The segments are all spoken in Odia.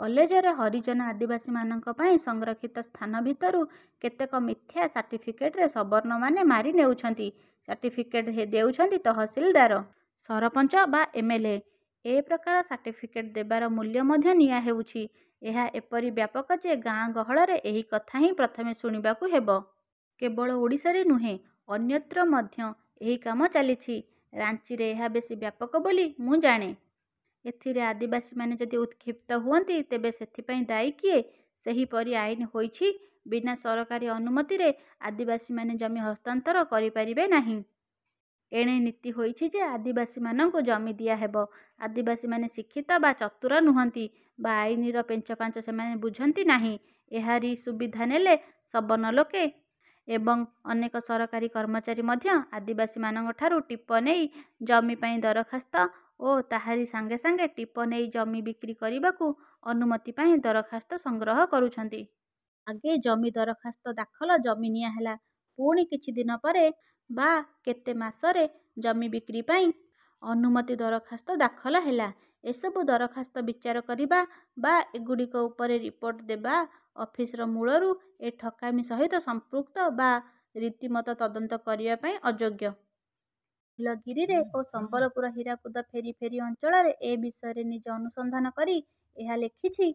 କଲେଜରେ ହରିଜନ ଆଦିବାସୀମାନଙ୍କ ପାଇଁ ସଂରକ୍ଷିତ ସ୍ଥାନ ଭିତରୁ କେତେକ ମିଥ୍ୟା ସାର୍ଟିଫିକେଟରେ ସବର୍ଣ୍ଣମାନେ ମାରି ନେଉଛନ୍ତି। ସାର୍ଟିଫିକେଟ ଦେଉଛନ୍ତି ତହସିଲଦାର, ସରପଞ୍ଚ ବା ଏମ. ଏଲ. ଏ.। ଏ ପ୍ରକାର ସାର୍ଟିଫିକେଟ ଦେବାର ମୂଲ୍ୟ ମଧ୍ୟ ନିଆହେଉଛି। ଏହା ଏପରି ବ୍ୟାପକ ଯେ ଗାଁ ଗହଳରେ ଏହି କଥା ହିଁ ପ୍ରଥମେ ଶୁଣିବାକୁ ହେବ। କେବଳ ଓଡ଼ିଶାରେ ନୁହେଁ ଅନ୍ୟତ୍ର ମଧ୍ୟ ଏହି କାମ ଚାଲିଛି। ରାଞ୍ଚିରେ ଏହା ବେଶି ବ୍ୟାପକ ବୋଲି ମୁଁ ଜାଣେ। ଏଥିରେ ଆଦିବାସୀମାନେ ଯଦି ଉତ୍କ୍ଷିପ୍ତ ହୁଅନ୍ତି, ତେବେ ସେଥିପାଇଁ ଦାୟୀ କିଏ? ସେହିପରି ଆଇନ ହୋଇଛି ବିନା ସରକାରୀ ଅନୁମତିରେ ଆଦିବାସୀମାନେ ଜମି ହସ୍ତାନ୍ତର କରିପାରିବେ ନାହିଁ। ଏଣେ ନୀତି ହୋଇଛି ଯେ ଆଦିବାସୀମାନଙ୍କୁ ଜମି ଦିଆହେବ। ଆଦିବାସୀମାନେ ଶିକ୍ଷିତ ବା ଚତୁର ନୁହନ୍ତି ବା ଆଇନର ପେଞ୍ଚପାଞ୍ଚ ସେମାନେ ବୁଝନ୍ତିନାହିଁ। ଏହାରି ସୁବିଧା ନେଲେ ସବର୍ଣ୍ଣ ଲୋକେ ଏବଂ ଅନେକ ସରକାରୀ କର୍ମଚାରୀ ମଧ୍ୟ ଆଦିବାସୀମାନଙ୍କଠାରୁ ଟିପ ନେଇ ଜମିପାଇଁ ଦରଖାସ୍ତ ଓ ତାହାରି ସାଙ୍ଗେ ସାଙ୍ଗେ ଟିପ ନେଇ ଜମି ବିକ୍ରି କରିବାକୁ ଅନୁମତି ପାଇଁ ଦରଖାସ୍ତ ସଂଗ୍ରହ କରୁଛନ୍ତି। ଆଗେ ଜମି ଦରଖାସ୍ତ ଦାଖଲ ଜମି ନିଆହେଲା, ପୁଣି କିଛି ଦିନପରେ ବା କେତେ ମାସରେ ଜମି ବିକ୍ରି ପାଇଁ ଅନୁମତି ଦରଖାସ୍ତ ଦାଖଲ ହେଲା। ଏସବୁ ଦରଖାସ୍ତ ବିଚାର କରିବା ବା ଏଗୁଡ଼ିକ ଉପରେ ରିପୋର୍ଟ ଦେବା ଅଫିସର ମୂଳରୁ ଏ ଠକାମି ସହିତ ସଂପୃକ୍ତ ବା ରୀତିମତ ତଦନ୍ତ କରିବାପାଇଁ ଅଯୋଗ୍ୟ। ନୀଳଗିରିରେ ଓ ସମ୍ବଲପୁର ହୀରାକୁଦ ଫେରିଫେରି ଅଞ୍ଚଳରେ ଏ ବିଷୟରେ ନିଜେ ଅନୁସନ୍ଧାନ କରି ଏହା ଲେଖିଛି।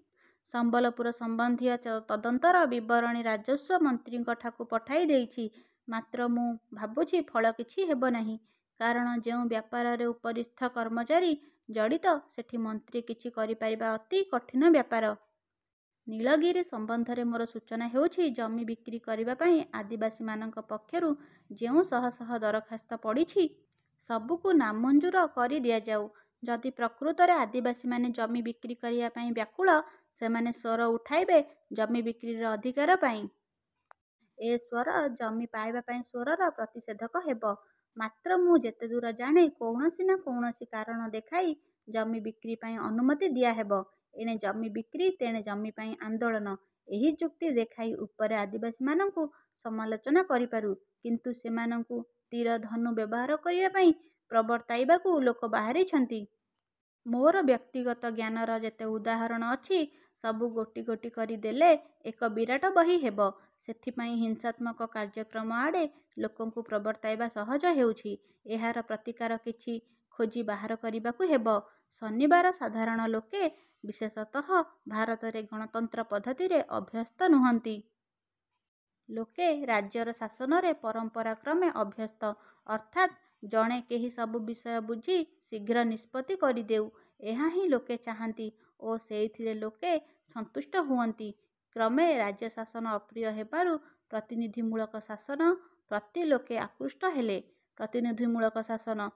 ସମ୍ବଲପୁର ସମ୍ବନ୍ଧୀୟ ତଦନ୍ତର ବିବରଣୀ ରାଜସ୍ୱ ମନ୍ତ୍ରୀଙ୍କଠାକୁ ପଠାଇ ଦେଇଛି; ମାତ୍ର ମୁଁ ଭାବୁଛି ଫଳ କିଛି ହେବନାହିଁ। କାରଣ ଯେଉଁ ବ୍ୟାପାରରେ ଉପରିସ୍ଥ କର୍ମଚାରୀ ଜଡ଼ିତ ସେଠି ମନ୍ତ୍ରୀ କିଛି କରି ପାରିବା ଅତି କଠିନ ବ୍ୟାପାର। ନୀଳଗିରି ସମ୍ବନ୍ଧରେ ମୋର ସୂଚନା ହେଉଛି, ଜମି ବିକ୍ରି କରିବାପାଇଁ ଆଦିବାସୀମାନଙ୍କ ପକ୍ଷରୁ ଯେଉଁ ଶହ ଶହ ଦରଖାସ୍ତ ପଡ଼ିଛି,। ସବୁକୁ ନାମଞ୍ଜୁର କରି ଦିଆଯାଉ। ଯଦି ପ୍ରକୃତରେ ଆସିବାସୀମାନେ ଜମି ବିକ୍ରି କରିବାପାଇଁ ବ୍ୟାକୁଳ, ସେମାନେ ସ୍ୱର ଉଠାଇବେ ଜମି ବିକ୍ରିର ଅଧିକାର ପାଇଁ। ଏ ସ୍ୱର ଜମି ପାଇବାପାଇଁ ସ୍ୱରର ପ୍ରତିଷେଧକ ହେବ; ମାତ୍ର ମୁଁ ଯେତେଦୂର ଜାଣେ କୌଣସି ନାଁ କୌଣସି କାରଣ ଦେଖାଇ ଜମି ବିକ୍ରି ପାଇଁ ଅନୁମତି ଦିଆହେବ-। ଏଣେ ଜମି ବିକ୍ରି, ତେଣେ ଜମି ପାଇଁ ଆନ୍ଦୋଳନ ଏହି ଯୁକ୍ତି ଦେଖାଇ ଉପରେ ଆଦିବାସୀମାନଙ୍କୁ ସମାଲୋଚନା କରିପାରୁ; କିନ୍ତୁ ସେମାନଙ୍କୁ ତୀର ଧନୁ ବ୍ୟବହାର କରିବାପାଇଁ ପ୍ରବର୍ତ୍ତାଇବାକୁ ଲୋକ ବାହାରିଛନ୍ତି। ମୋର ବ୍ୟକ୍ତିଗତ ଜ୍ଞାନର ଯେତେ ଉଦାହରଣ ଅଛି, ସବୁ ଗୋଟି ଗୋଟି କରି ଦେଲେ ଏକ ବିରାଟ ବହିହେବ। ସେଥିପାଇଁ ହିଂସାତ୍ମକ କାର୍ଯ୍ୟକ୍ରମଆଡ଼େ ଲୋକଙ୍କୁ ପ୍ରବର୍ତ୍ତାଇବା ସହଜ ହେଉଛି। ଏହାର ପ୍ରତିକାର କିଛି ଖୋଜି ବାହାର କରିବାକୁ ହେବ। ଶନିବାର ସାଧାରଣ ଲୋକେ, ବିଶେଷତଃ ଭାରତରେ ଗଣତନ୍ତ୍ର ପଦ୍ଧତିରେ ଅଭ୍ୟସ୍ତ ନୁହନ୍ତି। ଲୋକେ ରାଜ୍ୟର ଶାସନରେ ପରମ୍ପରାକ୍ରମେ ଅଭ୍ୟସ୍ତ। ଅର୍ଥାତ୍ ଜଣେ କେହି ସବୁ ବିଷୟ ବୁଝି ଶୀଘ୍ର ନିଷ୍ପତ୍ତି କରିଦେଉ, ଏହା ହିଁ ଲୋକେ ଚାହାନ୍ତି ଓ ସେଇଥିରେ ଲୋକେ ସନ୍ତୁଷ୍ଟ ହୁଅନ୍ତି। କ୍ରମେ ରାଜ୍ୟଶାସନ ଅପ୍ରିୟ ହେବାରୁ ପ୍ରତିନିଧିମୂଳକ ଶାସନ ପ୍ରତି ଲୋକେ ଆକୃଷ୍ଟ ହେଲେ। ପ୍ରତିନିଧିମୂଳକ ଶାସନ